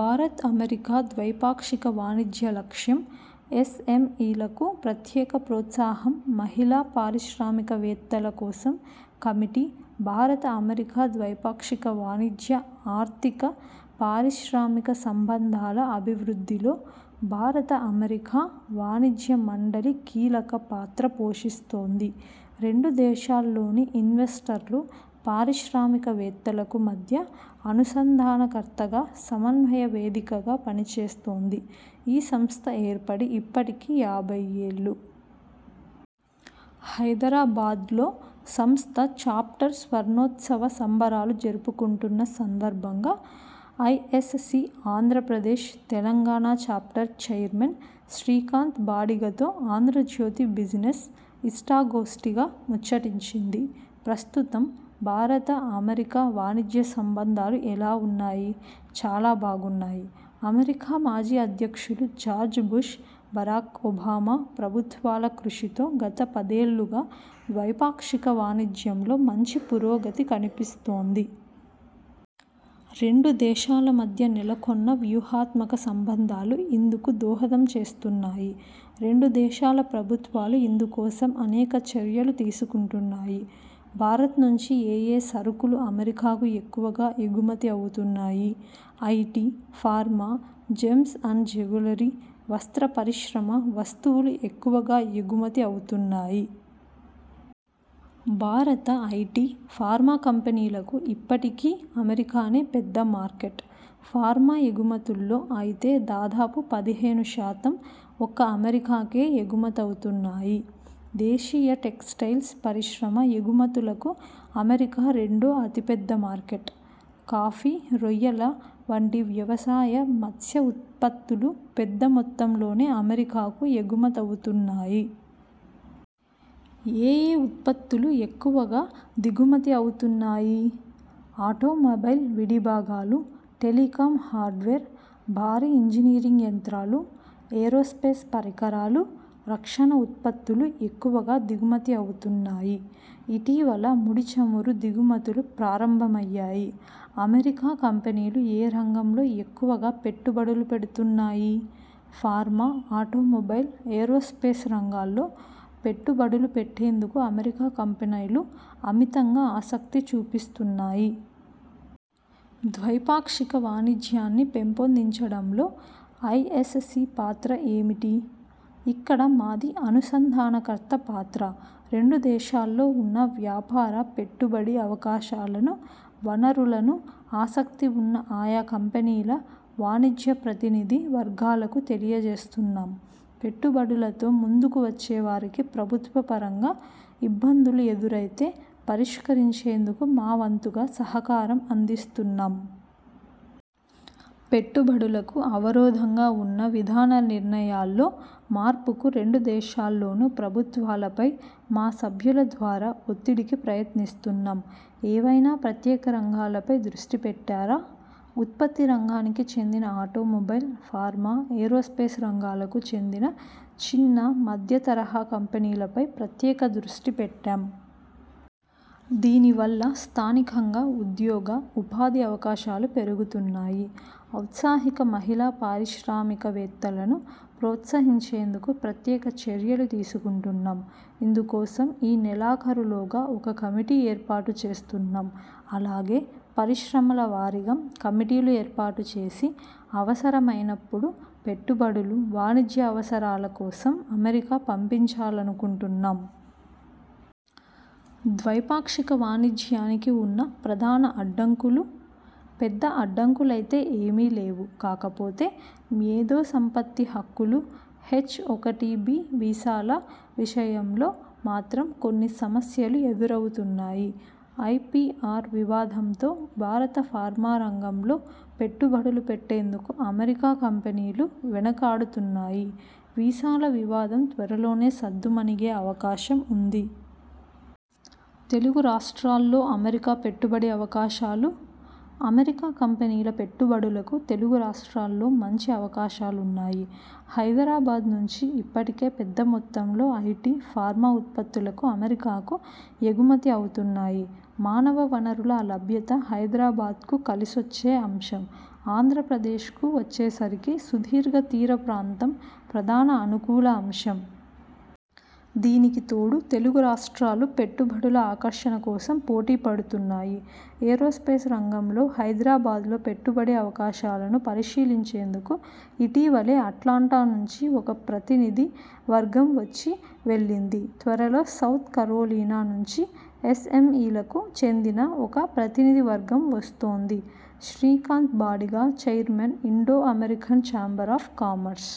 భారత్-అమెరికా ద్వైపాక్షిక వాణిజ్య లక్ష్యం.. ఎస్ఎంఇలకు ప్రత్యేక ప్రోత్సాహంమహిళా పారిశ్రామికవేత్తల కోసం కమిటీ భారత-అమెరికా ద్వైపాక్షిక వాణిజ్య, ఆర్థిక, పారిశ్రామిక సంబంధాల అభివృద్ధిలో భారత-అమెరికా వాణిజ్య మండలి కీలక పాత్ర పోషిస్తోంది. రెండు దేశాల్లోని ఇన్వెస్టర్లు, పారిశ్రామికవేత్తలకు మధ్య అనుసంధానకర్తగా, సమన్వయ వేదికగా పనిచేస్తోంది. ఈ సంస్థ ఏర్పడి ఇప్పటికి యాభై ఏళ్లు. హైదరాబాద్లో సంస్థ చాప్టర్ స్వర్ణోత్సవ సంబరాలు జరుపుకుంటున్న సందర్భంగా IACC Andhra Pradesh, Telangana chapter chairman Srikanth బాడిగతో 'ఆంధ్రజ్యోతి బిజినెస్' ఇష్టాగోష్టిగా ముచ్చటించింది. ప్రస్తుతం భారత-అమెరికా వాణిజ్య సంబంధాలు ఎలా ఉన్నాయి? చాలా బాగున్నాయి. అమెరికా మాజీ అధ్యక్షులు జార్జి బుష్, బరాక్ ఒబామా ప్రభుత్వాల కృషితో గత పదేళ్లుగా ద్వైపాక్షిక వాణిజ్యంలో మంచి పురోగతి కనిపిస్తోంది. రెండు దేశాల మద్య నెలకొన్న వ్యూహాత్మక సంబంధాలూ ఇందుకు దోహదం చేస్తున్నాయి. రెండు దేశాల ప్రభుత్వాలు ఇందుకోసం అనేక చర్యలు తీసుకుంటున్నాయి. భారత్ నుంచి ఏయే సరుకులు అమెరికాకు ఎక్కువగా ఎగుమతి అవుతున్నాయి? IT, pharma, gems and jewellery, వస్త్ర పరిశ్రమ వస్తువులు ఎక్కువగా ఎగుమతి అవుతున్నాయి. భారత ఐటి, ఫార్మా కంపెనీలకు ఇప్పటికీ అమెరికానే పెద్ద మార్కెట్. ఫార్మా ఎగుమతుల్లో అయితే దాదాపు పదిహేను శాతం ఒక్క అమెరికాకే ఎగుమతవుతున్నాయి. దేశీయ టెక్స్టైల్ పరిశ్రమ ఎగుమతులకూ అమెరికా రెండో అతి పెద్ద మార్కెట్. కాఫీ, రొయ్యల వంటి వ్యవసాయ, మత్స్య ఉత్పత్తులూ పెద్ద మొత్తంలోనే అమెరికాకు ఎగుమతవుతున్నాయి. ఏయే ఉత్పత్తులు ఎక్కువగా దిగుమతి అవుతున్నాయి? ఆటోమొబైల్ విడి భాగాలు, టెలికాం హార్డ్వేర్, భారీ ఇంజినీరింగ్ యంత్రాలు, ఏరోస్పేస్ పరికరాలు, రక్షణ ఉత్పత్తులు ఎక్కువగా దిగుమతి అవుతున్నాయి. ఇటీవల ముడి చమురు దిగుమతులూ ప్రారంభమయ్యాయి. అమెరికా కంపెనీలు ఏ రంగాల్లో ఎక్కువగా పెట్టుబడులు పెడుతున్నాయి? ఫార్మా, ఆటోమొబైల్, ఏరోస్పేస్ రంగాల్లో పెట్టుబడులు పెట్టేందుకు అమెరికా కంపెనీలు అమితంగా ఆసక్తి చూపిస్తున్నాయి. ద్వైపాక్షిక వాణిజ్యాన్ని పెంపొందించడంలో ఐఎస్ఎస్ సి పాత్ర ఏమిటి? ఇక్కడ మాది అనుసంధానకర్త పాత్ర. రెండు దేశాల్లో ఉన్న వ్యాపార, పెట్టుబడి అవకాశాలను, వనరులను ఆసక్తి ఉన్న ఆయా కంపెనీల, వాణిజ్య ప్రతినిధి వర్గాలకు తెలియజేస్తున్నాం. పెట్టుబడులతో ముందుకు వచ్చేవారికి ప్రభుత్వ పరంగా ఇబ్బందులు ఎదురైతే పరిష్కరించేందుకు మా వంతుగా సహకారం అందిస్తున్నాం. పెట్టుబడులకు అవరోధంగా ఉన్న విధాన నిర్ణయాల్లో మార్పుకు రెండు దేశాల్లోనూ ప్రభుత్వాలపై మా సభ్యుల ద్వారా ఒత్తిడికి ప్రయత్నిస్తున్నాం. ఏవైనా ప్రత్యేక రంగాలపై దృష్టి పెట్టారా? ఉత్పత్తి రంగానికి చెందిన ఆటోమొబైల్, ఫార్మా, ఏరోస్పేస్ రంగాలకు చెందిన చిన్న, మధ్య తరహా కంపెనీల పై ప్రత్యేక దృష్టి పెట్టాం. దీనివల్ల స్థానికంగా ఉద్యోగ, ఉపాధి అవకాశాలూ పెరుగుతాయి. ఔత్సాహిక మహిళా పారిశ్రామికవేత్తలను ప్రోత్సహించేందుకూ ప్రత్యేక చర్యలు తీసుకుంటున్నాం. ఇందుకోసం ఈ నెలాఖరులోగా ఒక కమిటీ ఏర్పాటు చేస్తున్నాం. అలాగే పరిశ్రమల వారీగా కమిటీలు ఏర్పాటు చేసి, అవసరమైనపుడు పెట్టుబడులు, వాణిజ్య అవసరాల కోసం అమెరికా పంపించాలనుకుంటున్నాం. ద్వైపాక్షిక వాణిజ్యానికి ఉన్న ప్రధాన అడ్డంకులు? పెద్ద అడ్డంకులైతే ఏమీ లేవు. కాకపోతే మేధో సంపత్తి హక్కులు, హెచ్-ఒకటిబి వీసాల విషయంలో మాత్రం కొన్ని సమస్యలు ఎదురవుతున్నాయి. ఐపిఆర్ వివాదంతో భారత ఫార్మా రంగంలో పెట్టుబడులు పెట్టేందుకు అమెరికా కంపెనీలు వెనకాడుతున్నాయి. వీసాల వివాదం త్వరలోనే సద్దుమణిగే అవకాశం ఉంది. తెలుగు రాష్ట్రాల్లో అమెరికా పెట్టుబడి అవకాశాలు? అమెరికా కంపెనీల పెట్టుబడులకు తెలుగు రాష్ట్రాల్లో మంచి అవకాశాలున్నాయి. హైదరాబాద్ నుంచి ఇప్పటికే పెద్ద మొత్తంలో ఐటి, ఫార్మా ఉత్పత్తులు అమెరికాకు ఎగుమతి అవుతున్నాయి. మానవ వనరుల లభ్యత హైదరాబాద్కు కలిసొచ్చే అంశం. ఆంధ్ర ప్రదేశ్కు వచ్చేసరికి సుదీర్ఘ తీర ప్రాంతం ప్రధాన అనుకూల అంశం. దీనికి తోడు తెలుగు రాష్ట్రాలు పెట్టుబడుల ఆకర్షణ కోసం పోటీపడుతున్నాయి. ఏరోస్పేస్ రంగంలో హైదరాబాద్లో పెట్టుబడి అవకాశాలను పరిశీలించేందుకు ఇటీవలే అట్లాంటా నుంచి ఒక ప్రతినిధి వర్గం వచ్చి వెళ్లింది. త్వరలో సౌత్ కరోలినా నుంచి ఎస్ఎంఇలకు చెందిన ఒక ప్రతినిధి వర్గం వస్తోంది. -Srikanth Badiga, chairman, Indo American chamber of commerce